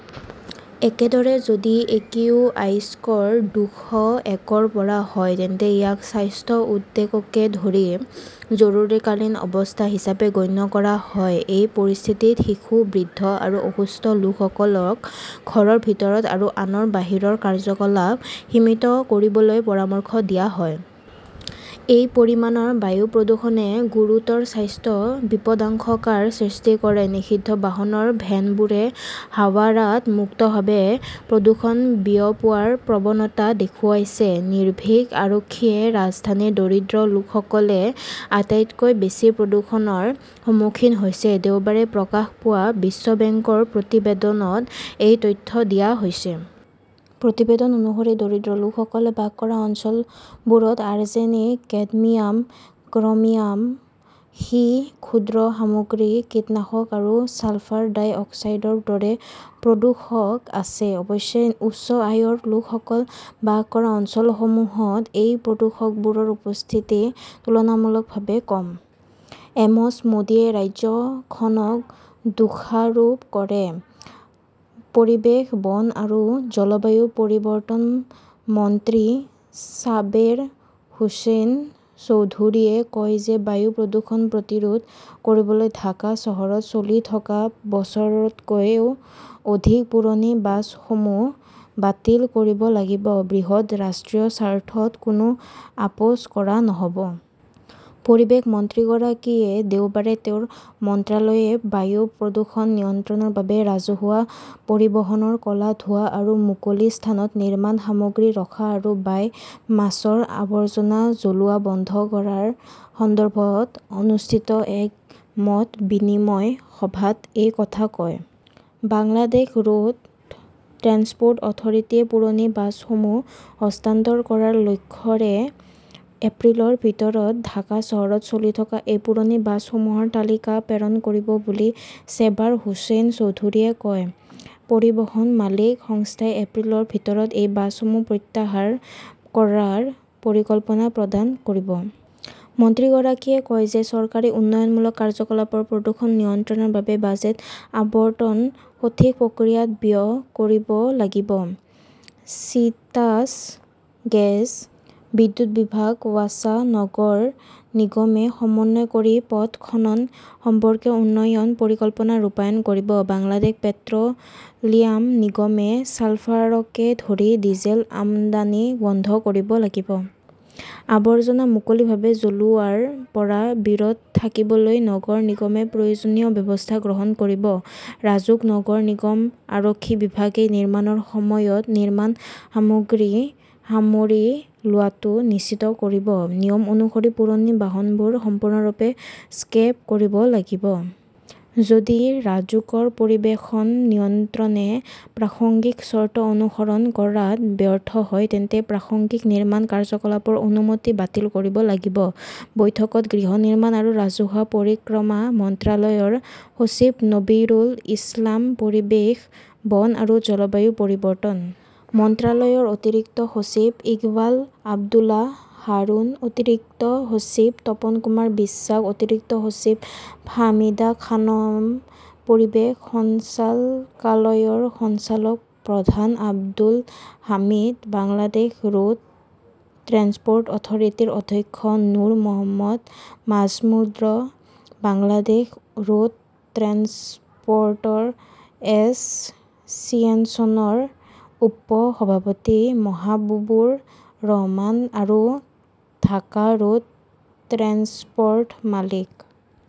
একেদৰে, যদি AQI score দুশ এক’ৰ পৰা হয় তেন্তে ইয়াক স্বাস্থ্য উদ্বেগকে ধৰি জৰুৰীকালীন অৱস্থা হিচাপে গণ্য কৰা হয়। এই পৰিস্থিতিত শিশু, বৃদ্ধ আৰু অসুস্থ লোকসকলক ঘৰৰ ভিতৰত আৰু আনৰ বাহিৰৰ কাৰ্যকলাপ সীমিত কৰিবলৈ পৰামৰ্শ দিয়া হয়। এই পৰিমাণৰ বায়ু প্ৰদূষণে গুৰুতৰ স্বাস্থ্য বিপদাশংকাৰ সৃষ্টি কৰে। নিষিদ্ধ বাহনৰ ভেনবোৰে হাৱাৰাত মুক্তভাৱে প্ৰদূষণ বিয়পোৱাৰ প্ৰৱণতা দেখুৱাইছে, নিৰ্ভীক আৰক্ষীয়ে ৰাজধানীৰ দৰিদ্ৰ লোকসকলে আটাইতকৈ বেছি প্ৰদূষণৰ সন্মুখীন হৈছে। দেওবাৰে প্ৰকাশ পোৱা বিশ্ব বেংকৰ প্ৰতিবেদনত এই তথ্য দিয়া হৈছে। প্ৰতিবেদন অনুসৰি, দৰিদ্ৰ লোকসকলে বাস কৰা অঞ্চলবোৰত আৰ্ছেনিক, কেডমিয়াম, ক্ৰমিয়াম, সীহ, ক্ষুদ্ৰ সামগ্ৰী, কীটনাশক আৰু ছালফাৰ ডাই অক্সাইডৰ দৰে প্ৰদূষক আছে। অৱশ্যে, উচ্চ আয়ৰ লোকসকল বাস কৰা অঞ্চলসমূহত এই প্ৰদূষকবোৰৰ উপস্থিতি তুলনামূলকভাৱে কম। এমছঃ মোদীয়ে ৰাজ্যখনক দোষাৰোপ কৰে পৰিৱেশ, বন আৰু জলবায়ু পৰিৱৰ্তন মন্ত্ৰী ছাবেৰ হোসেন চৌধুৰীয়ে কয় যে বায়ু প্ৰদূষণ প্ৰতিৰোধ কৰিবলৈ ঢাকা চহৰত চলি থকা বছৰতকৈও অধিক পুৰণি বাছসমূহ বাতিল কৰিব লাগিব। বৃহৎ ৰাষ্ট্ৰীয় স্বাৰ্থত কোনো আপোচ কৰা নহ "ব। পৰিৱেশ মন্ত্ৰীগৰাকীয়ে দেওবাৰে তেওঁৰ মন্ত্ৰালয়ে বায়ু প্ৰদূষণ নিয়ন্ত্ৰণৰ বাবে ৰাজহুৱা পৰিবহণৰ ক 'লা ধোঁৱা আৰু মুকলি স্থানত নিৰ্মাণ সামগ্ৰী ৰখা আৰু বায়' মাছৰ আৱৰ্জনা জ্বলোৱা বন্ধ কৰাৰ সন্দৰ্ভত অনুষ্ঠিত এক মত বিনিময় সভাত এই কথা কয়। বাংলাদেশ ৰোড ট্ৰেন্সপ’ৰ্ট অথৰিটিয়ে পুৰণি বাছসমূহ হস্তান্তৰ কৰাৰ লক্ষ্যৰে এপ্ৰিলৰ ভিতৰত ঢাকা চহৰত চলি থকা এই পুৰণি বাছসমূহৰ তালিকা প্ৰেৰণ কৰিব বুলি চেবাৰ হোসেন চৌধুৰীয়ে কয়। পৰিবহণ মালিক সংস্থাই এপ্ৰিলৰ ভিতৰত এই বাছসমূহ প্ৰত্যাহাৰ কৰাৰ পৰিকল্পনা প্ৰদান কৰিব। মন্ত্ৰীগৰাকীয়ে কয় যে চৰকাৰী উন্নয়নমূলক কাৰ্যকলাপৰ প্ৰদূষণ নিয়ন্ত্ৰণৰ বাবে বাজেট আবণ্টন সঠিক প্ৰক্ৰিয়াত ব্যয় কৰিব লাগিব। চিটাস গেছ, বিদ্যুৎ বিভাগ, ৱাছা, নগৰ নিগমে সমন্বয় কৰি পথ খনন সম্পৰ্কীয় উন্নয়ন পৰিকল্পনা ৰূপায়ণ কৰিব। বাংলাদেশ পেট্ৰ "লিয়াম নিগমে ছালফাৰকে ধৰি ডিজেল আমদানি বন্ধ কৰিব লাগিব। আৱৰ্জনা মুকলিভাৱে জ্বলোৱাৰ পৰা বিৰত থাকিবলৈ নগৰ নিগমে প্ৰয়োজনীয় ব্যৱস্থা গ্ৰহণ কৰিব। ৰাজুক, নগৰ নিগম, আৰক্ষী বিভাগে নিৰ্মাণৰ সময়ত নিৰ্মাণ সামগ্ৰী সামৰি লোৱাটো নিশ্চিত কৰিব। নিয়ম অনুসৰি পুৰণি বাহনবোৰ সম্পূৰ্ণৰূপে স্ক্ৰেপ কৰিব লাগিব। যদি ৰাজুকৰ পৰিৱেশন নিয়ন্ত্ৰণে প্ৰাসংগিক চৰ্ত অনুসৰণ কৰাত ব্যৰ্থ হয় তেন্তে প্ৰাসংগিক নিৰ্মাণ কাৰ্যকলাপৰ অনুমতি বাতিল কৰিব লাগিব। বৈঠকত গৃহ নিৰ্মাণ আৰু ৰাজহুৱা পৰিক্ৰমা মন্ত্ৰালয়ৰ সচিব নবীৰুল ইছলাম, পৰিৱেশ, বন আৰু জলবায়ু পৰিৱৰ্তন মন্ত্ৰালয়ৰ অতিৰিক্ত সচিব ইকবাল আব্দুল্লাহ হাৰুন, অতিৰিক্ত সচিব তপন কুমাৰ বিশ্বাস, অতিৰিক্ত সচিব ফাহমিদা খানম, পৰিৱেশ সঞ্চালকালয়ৰ সঞ্চালক প্ৰধান Abdul Hamid, Bangladesh road transport অথৰিটিৰ অধ্যক্ষ Nur Mohammad Majumder, Bangladesh road transport এছ চিয়েশ্যনৰ উপ-সভাপতি মহাবুবুৰ ৰহমান আৰু ঢাকা ৰোড ট্ৰেন্সপ ৰ্ট মালিক।